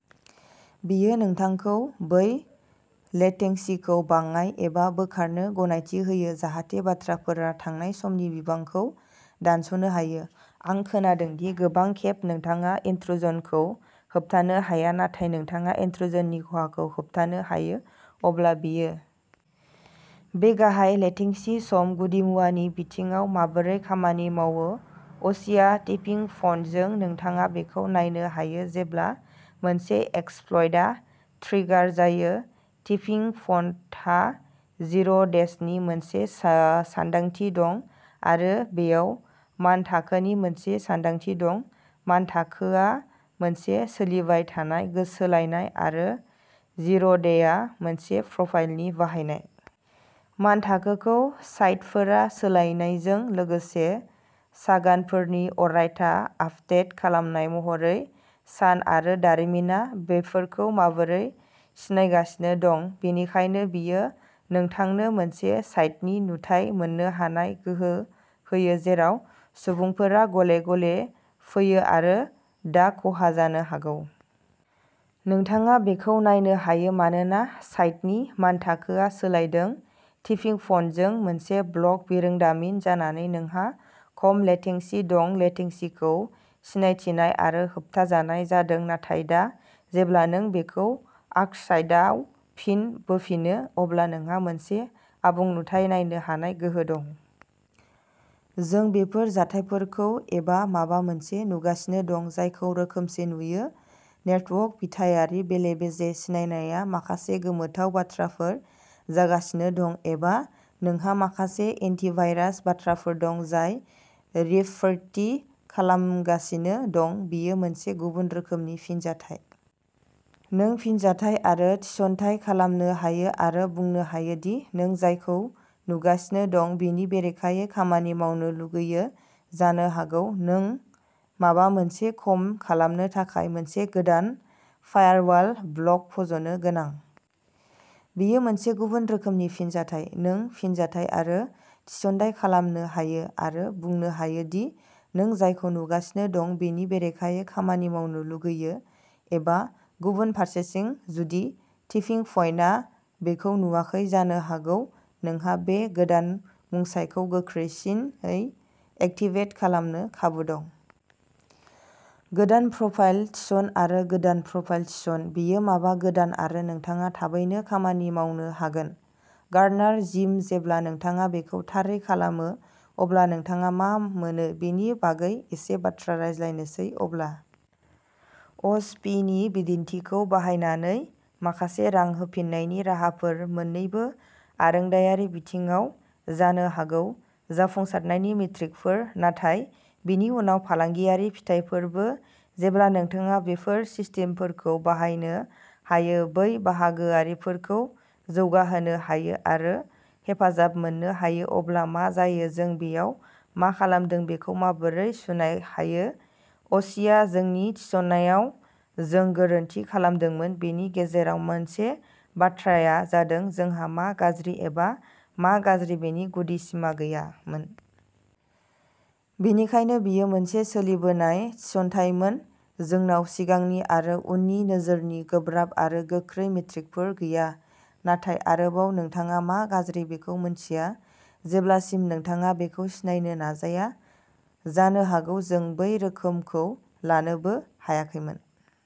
बेयो नोंथांखौ बै लेटेंसीखौ बाङाइ एबा बोखारनो गनायथि होयो जाहाथे बाथ्राफोरा थांनाय समनि बिबांखौ दानस'नो हायो। आं खोनादों दि गोबां खेब नोंथाङा इन्ट्रुजनखौ होबथानो हाया नाथाय नोंथाङा इन्ट्रुजननि खहाखौ होबथानो हायो। अब्ला बेयो बे गाहाय लेटेंसी सम गुदिमुवानि बिथिङाव माबोरै खामानि मावो अशीया टिपिंप'न्टजों नोंथाङा बेखौ नायनो हायो जेब्ला मोनसे एक्सप्लइटआ ट्रिगार जायो टिपिंप'न्टहा जिर'डेजनि मोनसे सा सानदांथि दं आरो बेयाव मानथाखोनि मोनसे सानदांथि दं मानथाखोआ मोनसे सोलिबाय थानाय सोलायनाय आरो जिर'डेआ मोनसे प्रफाइलनि बाहायनाय। मानथाखोखौ साइतफोरा सोलायनायजों लोगोसे सागानफोरनि अरायथा आपदेट खालामनाय महरै सान आरो दारिमिनआ बेफोरखौ माबोरै सिनायगासिनो दं। बेनिखायनो बेयो नोंथांनो मोनसे साइटनि नुथाय मोन्नो हानाय गोहो होयो जेराव सुबुंफोरा गले गले फैयो आरो दा खहा जानो हागौ। नोंथाङा बेखौ नायनो हायो मानोना साइटनि मानथाखोआ सोलायदों। टिपिंप'न्टजों मोनसे ब्लक बिरोंदामिन जानानै नोंहा खम लेटेंसी दं लेटेंसीखौ सिनायथिनाय आरो होबथाजानाय जादों नाथाय दा जेब्ला नों बेखौ आर्कसाइटआव फिन बोफिनो अब्ला नोंहा मोनसे आबुं नुथाय नायनो हानाय गोहो दं। जों बेफोर जाथायफोरखौ एबा माबा मोनसे नुगासिनो दं जायखौ रोखोमसे नुयो। नेटवर्क बिथायारि बेले बेजे सिनायनाया माखासे गोमोथाव बाथ्राफोर जागासिनो दं एबा नोंहा माखासे एन्टिभाइरास बाथ्राफोर दं जाय रिपर्टि खालामगासिनो दं। बेयो मोनसे गुबुन रोखोमनि फिनजाथाय। नों फिनजाथाय आरो थिसनथाइ खालामनो हायो आरो बुंनो हायो दि नों जायखौ नुगासिनो दं बिनि बेरेखायै खामानि मावनो लुगैयो। जानो हागौ नों माबा मोनसे खम खालामनो थाखाय मोनसे गोदान फायारवाल ब्लक फज'नो गोनां। बेयो मोनसे गुबुन रोखोमनि फिनजाथाय। नों फिनजाथाय आरो थिसनथाइ खालामनो हायो आरो बुंनो हायो दि नों जायखौ नुगासिनो दं बिनि बेरेखायै खामानि मावनो लुगैयो एबा गुबुन फारसेथिं जुदि टिपिंपइन्टआ बेखौ नुवाखै जानो हागौ नोंहा बे गोदान मुंसाइखौ गोख्रैसिनै एक्टिभेट खालामनो खाबु दं। गोदान प्रफाइल थिसन आरो गोदान प्रफाइल थिसन। बेयो माबा गोदान आरो नोंथाङा थाबैनो खामानि मावनो हागोन। गार्डनार जिम जेब्ला नोंथाङा बेखौ थारै खालामो अब्ला नोंथाङा मा मोनो बेनि बागै एसे बाथ्रा रायज्लायनोसै अब्ला ओस पि नि बिदिन्थिखौ बाहायनानै माखासे रां होफिन्नायनि राहाफोर मोननैबो आरोंदायारि बिथिङाव जानो हागौ जाफुंसारनायनि मेट्रिकफोर नाथाय बेनि उनाव फालांगियारि फिथायफोरबो जेब्ला नोंथाङा बेफोर सिस्टेमफोरखौ बाहायनो हायो बै बाहागोआरिफोरखौ जौगाहोनो हायो आरो हेफाजाब मोननो हायो अब्ला मा जायो जों बेयाव मा खालामदों बेखौ माबोरै सुनाय हायो अ'शीया जोंनि थिसननायाव जों गोरोन्थि खालामदोंमोन बेनि गेजेराव मोनसे बाथ्राया जादों जोंहा मा गाज्रि एबा मा गाज्रि बेनि गुदि सिमा गैयामोन। बेनिखायनो बेयो मोनसे सोलिबोनाय थिसनथायमोन जोंनाव सिगांनि आरो उननि नोजोरनि गोब्राब आरो गोख्रै मेट्रिकफोर गैया। नाथाय आरोबाव नोंथाङा मा गाज्रि बेखौ मिन्थिया जेब्लासिम नोंथाङा बेखौ सिनायनो नाजाया। जानो हागौ जों बै रोखोमखौ लानोबो हायाखैमोन।